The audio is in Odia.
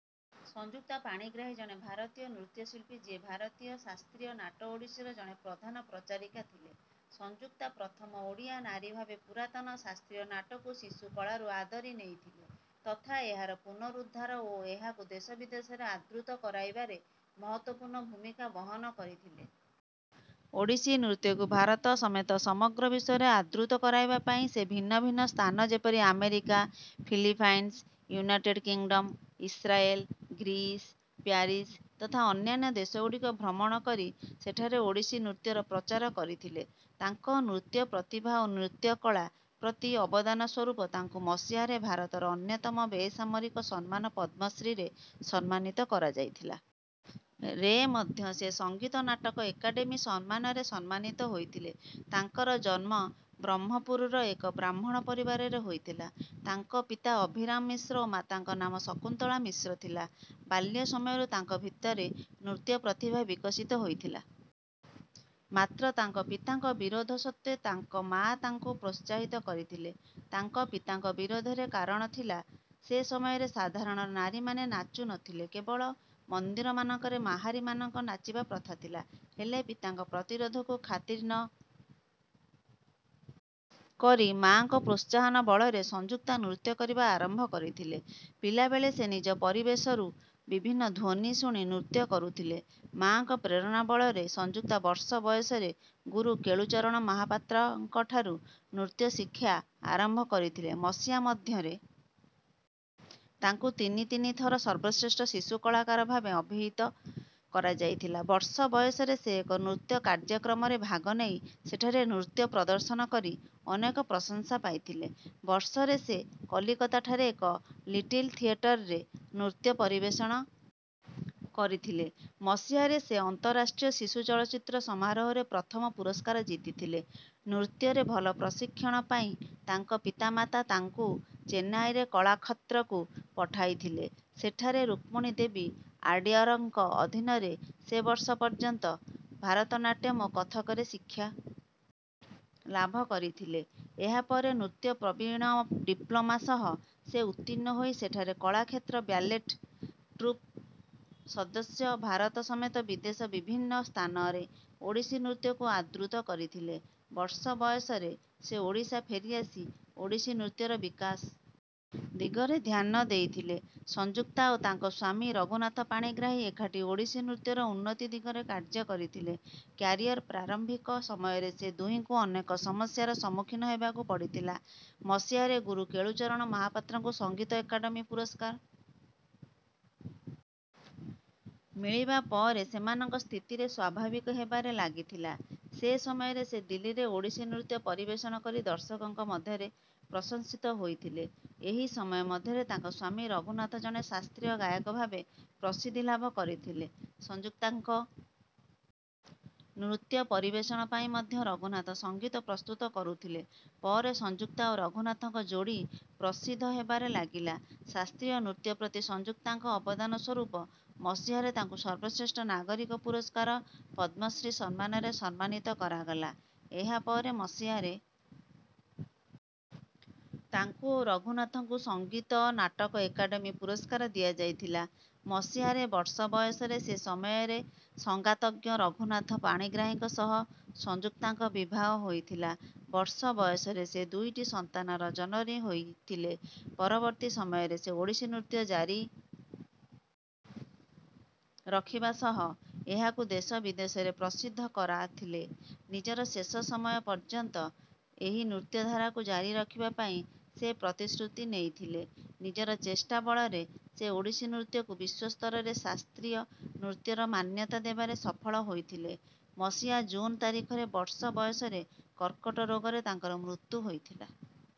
ସଂଯୁକ୍ତା ପାଣିଗ୍ରାହୀ ଜଣେ ଭାରତୀୟ ନୃତ୍ୟଶିଳ୍ପୀ, ଯିଏ ଭାରତୀୟ ଶାସ୍ତ୍ରୀୟ ନାଟ ଓଡ଼ିଶୀର ଜଣେ ପ୍ରଧାନ ପ୍ରଚାରିକା ଥିଲେ। ସଂଯୁକ୍ତା ପ୍ରଥମ ଓଡ଼ିଆ ନାରୀଭାବେ ପୁରାତନ ଶାସ୍ତ୍ରୀୟ ନାଟକୁ ଶିଶୁକାଳରୁ ଆଦରି ନେଇଥିଲେ ତଥା ଏହାର ପୁନରୁଦ୍ଧାର ଓ ଏହାକୁ ଦେଶବିଦେଶରେ ଆଦୃତ କରାଇବାରେ ମହତ୍ତ୍ୱପୂର୍ଣ୍ଣ ଭୂମିକା ବହନ କରିଥିଲେ। ଓଡ଼ିଶୀ ନୃତ୍ୟକୁ ଭାରତ ସମେତ ସମଗ୍ର ବିଶ୍ୱରେ ଆଦୃତ କରାଇବା ପାଇଁ ସେ ଭିନ୍ନ ଭିନ୍ନ ସ୍ଥାନ ଯେପରି America, Philippines, United Kingdom, Israel, Greece, Paris ତଥା ଅନ୍ୟାନ୍ୟ ଦେଶଗୁଡ଼ିକ ଭ୍ରମଣ କରି ସେଠାରେ ଓଡ଼ିଶୀ ନୃତ୍ୟର ପ୍ରଚାର କରିଥିଲେ ତାଙ୍କ ନୃତ୍ୟ ପ୍ରତିଭା ଓ ନୃତ୍ୟକଳା ପ୍ରତି ଅବଦାନ ସ୍ୱରୁପ ତାଙ୍କୁ ମସିହାରେ ଭାରତର ଅନ୍ୟତମ ବେସାମରିକ ସମ୍ମାନ ପଦ୍ମଶ୍ରୀରେ ସମ୍ମାନିତ କରାଯାଇଥିଲା। ରେ ମଧ୍ୟ ସେ ସଙ୍ଗୀତ ନାଟକ ଏକାଡେମୀ ସମ୍ମାନରେ ସମ୍ମାନିତ ହୋଇଥିଲେ। ତାଙ୍କର ଜନ୍ମ ବ୍ରହ୍ମପୁରର ଏକ ବ୍ରାହ୍ମଣ ପରିବାରରେ ହୋଇଥିଲା। ତାଙ୍କ ପିତା ଅଭିରାମ ମିଶ୍ର ଓ ମାତାଙ୍କ ନାମ ଶକୁନ୍ତଳା ମିଶ୍ର ଥିଲା। ବାଲ୍ୟ ସମୟରୁ ତାଙ୍କ ଭିତରେ ନୃତ୍ୟ ପ୍ରତିଭା ବିକଶିତ ହୋଇଥିଲା। ମାତ୍ର ତାଙ୍କ ପିତାଙ୍କ ବିରୋଧ ସତ୍ତ୍ୱେ ତାଙ୍କ ମା ତାଙ୍କୁ ପ୍ରୋତ୍ସାହିତ କରିଥିଲେ। ତାଙ୍କ ପିତାଙ୍କ ବିରୋଧର କାରଣ ଥିଲା, ସେ ସମୟରେ ସାଧାରଣ ନାରୀମାନେ ନାଚୁ ନଥିଲେ। କେବଳ ମନ୍ଦିରମାନଙ୍କରେ ମାହାରୀ ମାନଙ୍କ ନାଚିବା ପ୍ରଥା ଥିଲା। ହେଲେ ପିତାଙ୍କ ପ୍ରତିରୋଧକୁ ଖାତିର ନ କରି ମା'ଙ୍କ ପ୍ରୋତ୍ସାହନ ବଳରେ ସଂଯୁକ୍ତା ନୃତ୍ୟ କରିବା ଆରମ୍ଭ କରିଥିଲେ ପିଲାବେଳେ ସେ ନିଜ ପରିବେଶରୁ ବିଭିନ୍ନ ଧ୍ୱନୀ ଶୁଣି ନୃତ୍ୟ କରୁଥିଲେ ମା'ଙ୍କ ପ୍ରେରଣା ବଳରେ ସଂଯୁକ୍ତା ବର୍ଷ ବୟସରେ ଗୁରୁ କେଳୁଚରଣ ମହାପାତ୍ରଙ୍କଠାରୁ ନୃତ୍ୟ ଶିକ୍ଷା ଆରମ୍ଭ କରିଥିଲେ ମସିହା ମଧ୍ୟରେ ତାଙ୍କୁ ତିନି ତିନି ଥର ସର୍ବଶ୍ରେଷ୍ଠ ଶିଶୁ କଳାକାର ଭାବେ ଅଭିହୀତ କରାଯାଇଥିଲା ବର୍ଷ ବୟସରେ ସେ ଏକ ନୃତ୍ୟ କାର୍ଯ୍ୟକ୍ରମରେ ଭାଗ ନେଇ ସେଠାରେ ନୃତ୍ୟ ପ୍ରଦର୍ଶନ କରି ଅନେକ ପ୍ରଶଂସା ପାଇଥିଲେ ବର୍ଷରେ ସେ କଲିକତାଠାରେ ଏକ ଲିଟିଲ୍ ଥିଏଟରରେ ନୃତ୍ୟ ପରିବେଷଣ କରିଥିଲେ ମସିହାରେ ସେ ଅନ୍ତରାଷ୍ଟ୍ରୀୟ ଶିଶୁ ଚଳଚ୍ଚିତ୍ର ସମାରୋହରେ ପ୍ରଥମ ପୁରସ୍କାର ଜିତିଥିଲେ ନୃତ୍ୟରେ ଭଲ ପ୍ରଶିଁକ୍ଷଣ ପାଇଁ ତାଙ୍କ ପିତା-ମାତା ତାଙ୍କୁ ଚେନ୍ନାଇରେ କଳାକ୍ଷତ୍ରକୁ ପଠାଇଥିଲେ ସେଠାରେ ରୁକ୍ମଣୀ ଦେବୀ ଆଡ୍ୟାରଙ୍କ ଅଧିନରେ ସେ ବର୍ଷ ପର୍ଯ୍ୟନ୍ତ ଭାରତ ନାଟ୍ୟମ୍ ଓ କଥକରେ ଶିକ୍ଷା ଲାଭ କରିଥିଲେ ଏହାପରେ ନୃତ୍ୟ ପ୍ରବିଣ ଡିପ୍ଲୋମା ସହ ସେ ଉର୍ତ୍ତୀଣ୍ଣ ହୋଇ ସେଠାରେ କଳାକ୍ଷେତ୍ର ବ୍ୟାଲେଟ୍ ଟ୍ରୁପ୍ର ସଦସ୍ୟ ଭାବେ ଭାରତ ସମେତ ବିଦେଶର ବିଭିନ୍ନ ସ୍ଥାନରେ ଓଡ଼ିଶୀ ନୃତ୍ୟକୁ ଆଦୃତ କରିଥିଲେ ବର୍ଷ ବୟସରେ ସେ ଓଡ଼ିଶା ଫେରିଆସି ଓଡ଼ିଶୀ ନୃତ୍ୟର ବିକାଶ ଦିଗରେ ଧ୍ୟାନ ଦେଇଥିଲେ ସଂଯୁକ୍ତା ଓ ତାଙ୍କ ସ୍ୱାମୀ ରଘୁନାଥ ପାଣିଗ୍ରାହୀ ଏକାଠି ଓଡ଼ିଶୀ ନୃତ୍ୟର ଉନ୍ନତି ଦିଗରେ କାର୍ଯ କରିଥିଲେ କ୍ୟାରିଅର୍ର ପ୍ରାରମ୍ଭିକ ସମୟରେ ସେ ଦୁହିଁଙ୍କୁ ଅନେକ ସମସ୍ୟାର ସମ୍ମୁଖୀନ ହେବାକୁ ପଡିଥିଲା ମସିହାରେ ଗୁରୁ କେଳୁଚରଣ ମହାପାତ୍ରଙ୍କୁ ସଂଗୀତ ଏକାଡେମୀ ପୁରସ୍କାର ମିଳିବା ପରେ ସେମାନଙ୍କ ସ୍ଥିତିରେ ସ୍ୱାଭାବିକ ହେବାରେ ଲାଗିଥିଲା ସେ ସମୟରେ ସେ ଦିଲ୍ଲୀରେ ଓଡ଼ିଶୀ ନୃତ୍ୟ ପରିବେଷଣ କରି ଦର୍ଶକଙ୍କ ମଧ୍ୟରେ ପ୍ରଂଶସିତ ହୋଇଥିଲେ ଏହି ସମୟ ମଧ୍ୟରେ ତାଙ୍କ ସ୍ୱାମୀ ରଘୁନାଥ ଜଣେ ଶାସ୍ତ୍ରୀୟ ଗାୟକ ଭାବେ ପ୍ରସିଦ୍ଧି ଲାଭ କରିଥିଲେ ସଂଯୁକ୍ତାଙ୍କ ନୃତ୍ୟ ପରିବେଷଣ ପାଇଁ ମଧ୍ୟ ରଘୁନାଥ ସଙ୍ଗୀତ ପ୍ରସ୍ତୁତ କରୁଥିଲେ ପରେ ସଂଯୁକ୍ତା ଓ ରଘୁନାଥଙ୍କ ଯୋଡି ପ୍ରସିଦ୍ଧ ହେବାରେ ଲାଗିଲା ଶାସ୍ତ୍ରୀୟ ନୃତ୍ୟ ପ୍ରତି ସଂଯୁକ୍ତାଙ୍କ ଅବଦାନ ସ୍ୱରୂପ ମସିହାରେ ତାଙ୍କୁ ସର୍ବଶ୍ରେଷ୍ଠ ନାଗରିକ ପୁରସ୍କାର, ପଦ୍ମଶ୍ରୀ ସମ୍ମାନରେ ସମ୍ମାନିତ କରାଗଲା ଏହାପରେ ମସିହାରେ ତାଙ୍କୁ ଓ ରଘୁନାଥଙ୍କୁ ସଙ୍ଗୀତ ନାଟକ ଏକାଡେମୀ ପୁରସ୍କାର ଦିଆଯାଇଥିଲା ମସିହାରେ ବର୍ଷ ବୟସରେ ସେ ସମୟର ସଙ୍ଗାତଜ୍ଞ ରଘୁନାଥ ପାଣିଗ୍ରାହୀଙ୍କ ସହ ସଂୟୁକ୍ତାଙ୍କ ବିବାହ ହୋଇଥିଲା ବର୍ଷ ବୟସରେ ସେ ଦୁଇଟି ସନ୍ତାନର ଜନନୀ ହୋଇଥିଲେ ପରବର୍ତ୍ତୀ ସମୟରେ ସେ ଓଡ଼ିଶୀ ନୃତ୍ୟ ଜାରି ରଖିବା ସହ ଏହାକୁ ଦେଶ ବିଦେଶରେ ପ୍ରସିଦ୍ଧ କରାଥିଲେ ନିଜର ଶେଷ ସମୟ ପର୍ଯ୍ୟନ୍ତ ଏହି ନୃତ୍ୟଧାରାକୁ ଜାରି ରଖିବା ପାଇଁ ସେ ପ୍ରତିଶ୍ରୁତି ନେଇଥିଲେ ନିଜର ଚେଷ୍ଟା ବଳରେ ସେ ଓଡ଼ିଶୀ ନୃତ୍ୟକୁ ବିଶ୍ୱସ୍ତରରେ ଶାସ୍ତ୍ରୀୟ ନୃତ୍ୟର ମାନ୍ୟତା ଦେବାରେ ସଫଳ ହୋଇଥିଲେ ମସିହା ଜୁନ୍ ତାରିଖରେ ବର୍ଷ ବୟସରେ କର୍କଟ ରୋଗରେ ତାଙ୍କର ମୃତ୍ୟୁ ହୋଇଥିଲା।